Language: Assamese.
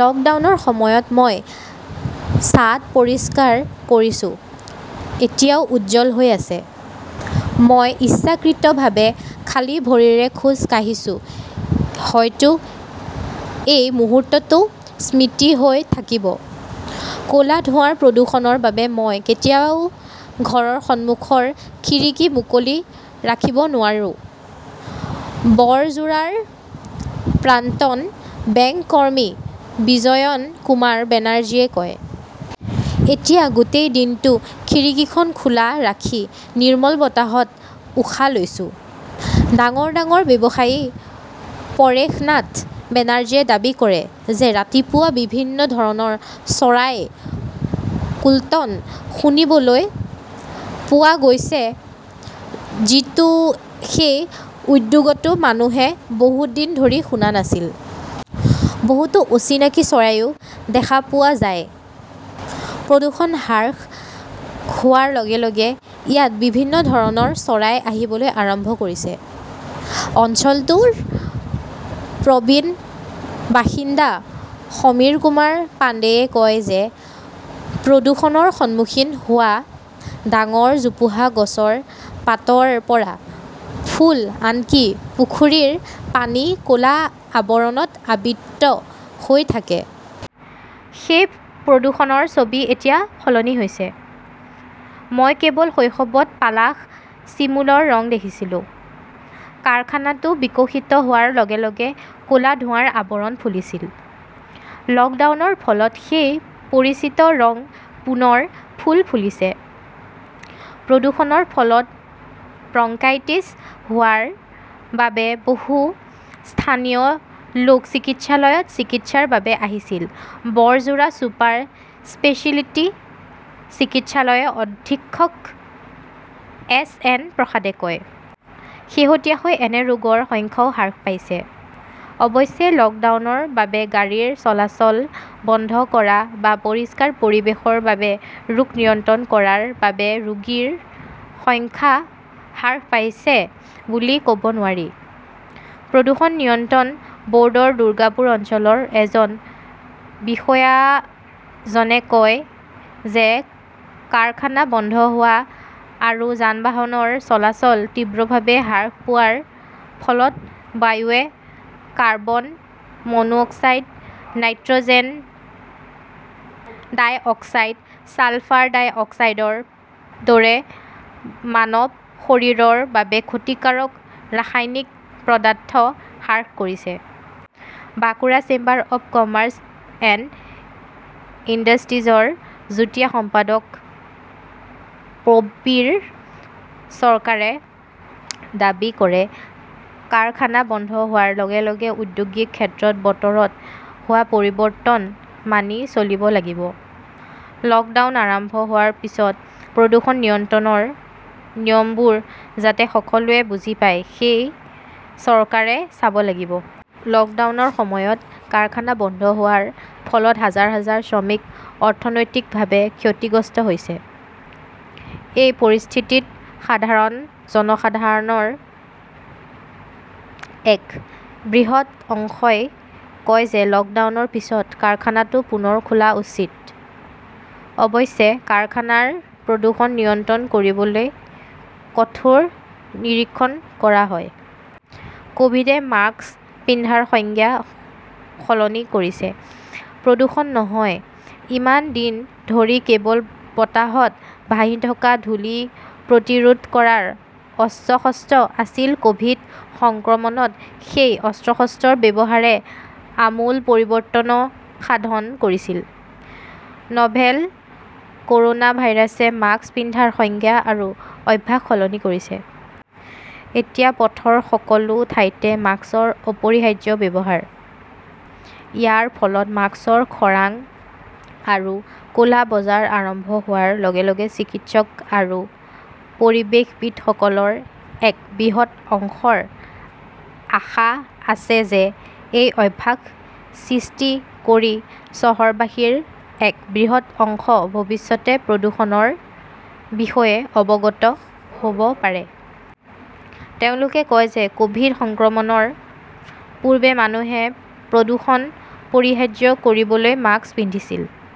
লকডাউনৰ সময়ত মই ছাদ পৰিষ্কাৰ কৰিছো, এতিয়াও উজ্জ্বল হৈ আছে। মই ইচ্ছাকৃতভাৱে খালী ভৰিৰে খোজ কাঢ়িছো, হয়তো এই মুহূৰ্তটো স্মৃতি হৈ থাকিব। কলা ধোঁৱাৰ প্ৰদূষণৰ বাবে মই কেতিয়াও ঘৰৰ সন্মুখৰ খিৰিকী মুকলি ৰাখিব নোৱাৰো, বৰজোৰাৰ প্ৰাক্তন বেংক কৰ্মী বিজয়ন কুমাৰ বেনাৰ্জীয়ে কয়। এতিয়া গোটেই দিনটো খিৰিকীখন খোলা ৰাখি নিৰ্মল বতাহত উশাহ লৈছো। ডাঙৰ-ডাঙৰ ব্যৱসায়ী পৰেশনাথ বেনাৰ্জীয়ে দাবী কৰে যে ৰাতিপুৱা বিভিন্ন ধৰণৰ চৰাইৰ কোল্টন শুনিবলৈ পোৱা গৈছে, যিটো সেই উদ্যোগটোৰ মানুহে বহু দিন ধৰি শুনা নাছিল। বহুতো অচিনাকি চৰাইও দেখা পোৱা যায়। প্ৰদূষণ হ্ৰাস হোৱাৰ লগে-লগে ইয়াত বিভিন্ন ধৰণৰ চৰাই আহিবলৈ আৰম্ভ কৰিছে। অঞ্চলটোৰ প্ৰবীণ বাসিন্দা সমীৰকুমাৰ পাণ্ডেয়ে কয় যে প্ৰদূষণৰ সন্মুখীন হোৱা ডাঙৰ জোপোহা গছৰ পাতৰ পৰা ফুল-আনকি পুখুৰীৰ পানী ক'লা আৱৰণত আবৃত হৈ থাকে। সেই প্ৰদূষণৰ ছবি এতিয়া সলনি হৈছে। মই কেৱল শৈশৱত পালাস, চিমুলৰ ৰং দেখিছিলোঁ। কাৰখানাটো বিকশিত হোৱাৰ লগে-লগে ক'লা ধোঁৱাৰ আৱৰণ ফুলিছিল। লকডাউনৰ ফলত সেই পৰিচিত ৰং পুনৰ ফুল ফুলিছে। প্ৰদূষণৰ ফলত ব্ৰংকাইটিছ হোৱাৰ বাবে বহু স্থানীয় লোক চিকিৎসালয়ত চিকিৎসাৰ বাবে আহিছিল, বৰজোড়া ছুপাৰ স্পেচিয়েলিটি চিকিৎসালয়ৰ অধীক্ষক এছ এন প্ৰসাদে কয়। শেহতীয়াকৈ এনে ৰোগীৰ সংখ্যাও হ্ৰাস পাইছে। অৱশ্যে, লকডাউনৰ বাবে গাড়ীৰ চলাচল বন্ধ কৰা, বা পৰিষ্কাৰ পৰিৱেশৰ বাবে ৰোগ নিয়ন্ত্ৰণ কৰাৰ বাবে ৰোগীৰ সংখ্যা হ্ৰাস পাইছে বুলি কব নোৱাৰি। প্ৰদূষণ নিয়ন্ত্ৰণ বৰ্ডৰ দুৰ্গাপুৰ অঞ্চলৰ এজন বিষয়াজনে কয় যে কাৰখানা বন্ধ হোৱা আৰু যান-বাহনৰ চলাচল তীব্ৰভাৱে হ্ৰাস পোৱাৰ ফলত বায়ুৱে carbon monoxide, nitrogen dioxide, sulphur ডাই অক্সাইডৰ দৰে মানৱ শৰীৰৰ বাবে ক্ষতিকাৰক ৰাসায়নিক পদাৰ্থ হ্ৰাস কৰিছে। Bankura chamber of commerce and ইণ্ডাষ্ট্ৰীজৰ যুটীয়া সম্পাদক প্ৰবীৰ চৰকাৰে দাবী কৰে, কাৰখানা বন্ধ হোৱাৰ লগে-লগে ঔদ্যোগিক ক্ষেত্ৰৰ বতৰত হোৱা পৰিৱৰ্তন মানি চলিব লাগিব। লকডাউন আৰম্ভ হোৱাৰ পিছত প্ৰদূষণ নিয়ন্ত্ৰণৰ নিয়মবোৰ যাতে সকলোৱে বুজি পায় সেয়া চৰকাৰে চাব লাগিব। লকডাউনৰ সময়ত কাৰখানা বন্ধ হোৱাৰ ফলত হাজাৰ-হাজাৰ শ্ৰমিক অৰ্থনৈতিকভাৱে ক্ষতিগ্ৰস্ত হৈছে। এই পৰিস্থিতিত সাধাৰণ জনসাধাৰণৰ এক বৃহৎ অংশই কয় যে 'লকডাউনৰ পিছত কাৰখানাটো পুনৰ খোলা উচিত। অৱশ্যে, কাৰখানাৰ প্ৰদূষণ নিয়ন্ত্ৰণ কৰিবলৈ কঠোৰ নিৰীক্ষণ কৰা হয়। কভিড এ মাস্ক পিন্ধাৰ সংজ্ঞা সলনি কৰিছে, প্ৰদূষণ নহয় ইমান দিন ধৰি কেৱল বতাহত ভাহি থকা ধূলি প্ৰতিৰোধ কৰাৰ 'অস্ত্ৰ-শস্ত্ৰ' আছিল, কভিড সংক্ৰমণত সেই 'অস্ত্ৰ-শস্ত্ৰৰ' ব্যৱহাৰে আমূল পৰিৱৰ্তন সাধন কৰিছিল। নভেল কৰ 'না ভাইৰাছে মাস্ক পিন্ধাৰ সংজ্ঞা আৰু অভ্যাস সলনি কৰিছে। এতিয়া পথৰ সকলো ঠাইতে মাস্কৰ অপৰিহাৰ্য ব্যৱহাৰ। ইয়াৰ ফলত মাস্কৰ খৰাং আৰু ক 'লা বজাৰ আৰম্ভ হোৱাৰ লগে-লগে চিকিৎসক আৰু পৰিৱেশবিদসকলৰ এক বৃহৎ অংশৰ আশা আছে যে এই অভ্যাস সৃষ্টি কৰি চহৰবাসীৰ এক বৃহৎ অংশ ভৱিষ্যতে প্ৰদূষণৰ বিষয়ে অৱগত হ' ব পাৰে। তেওঁলোকে কয় যে কভিড সংক্ৰমণৰ পূৰ্বে মানুহে প্ৰদূষণ পৰিহাৰ কৰিবলৈ মাস্ক পিন্ধিছিল।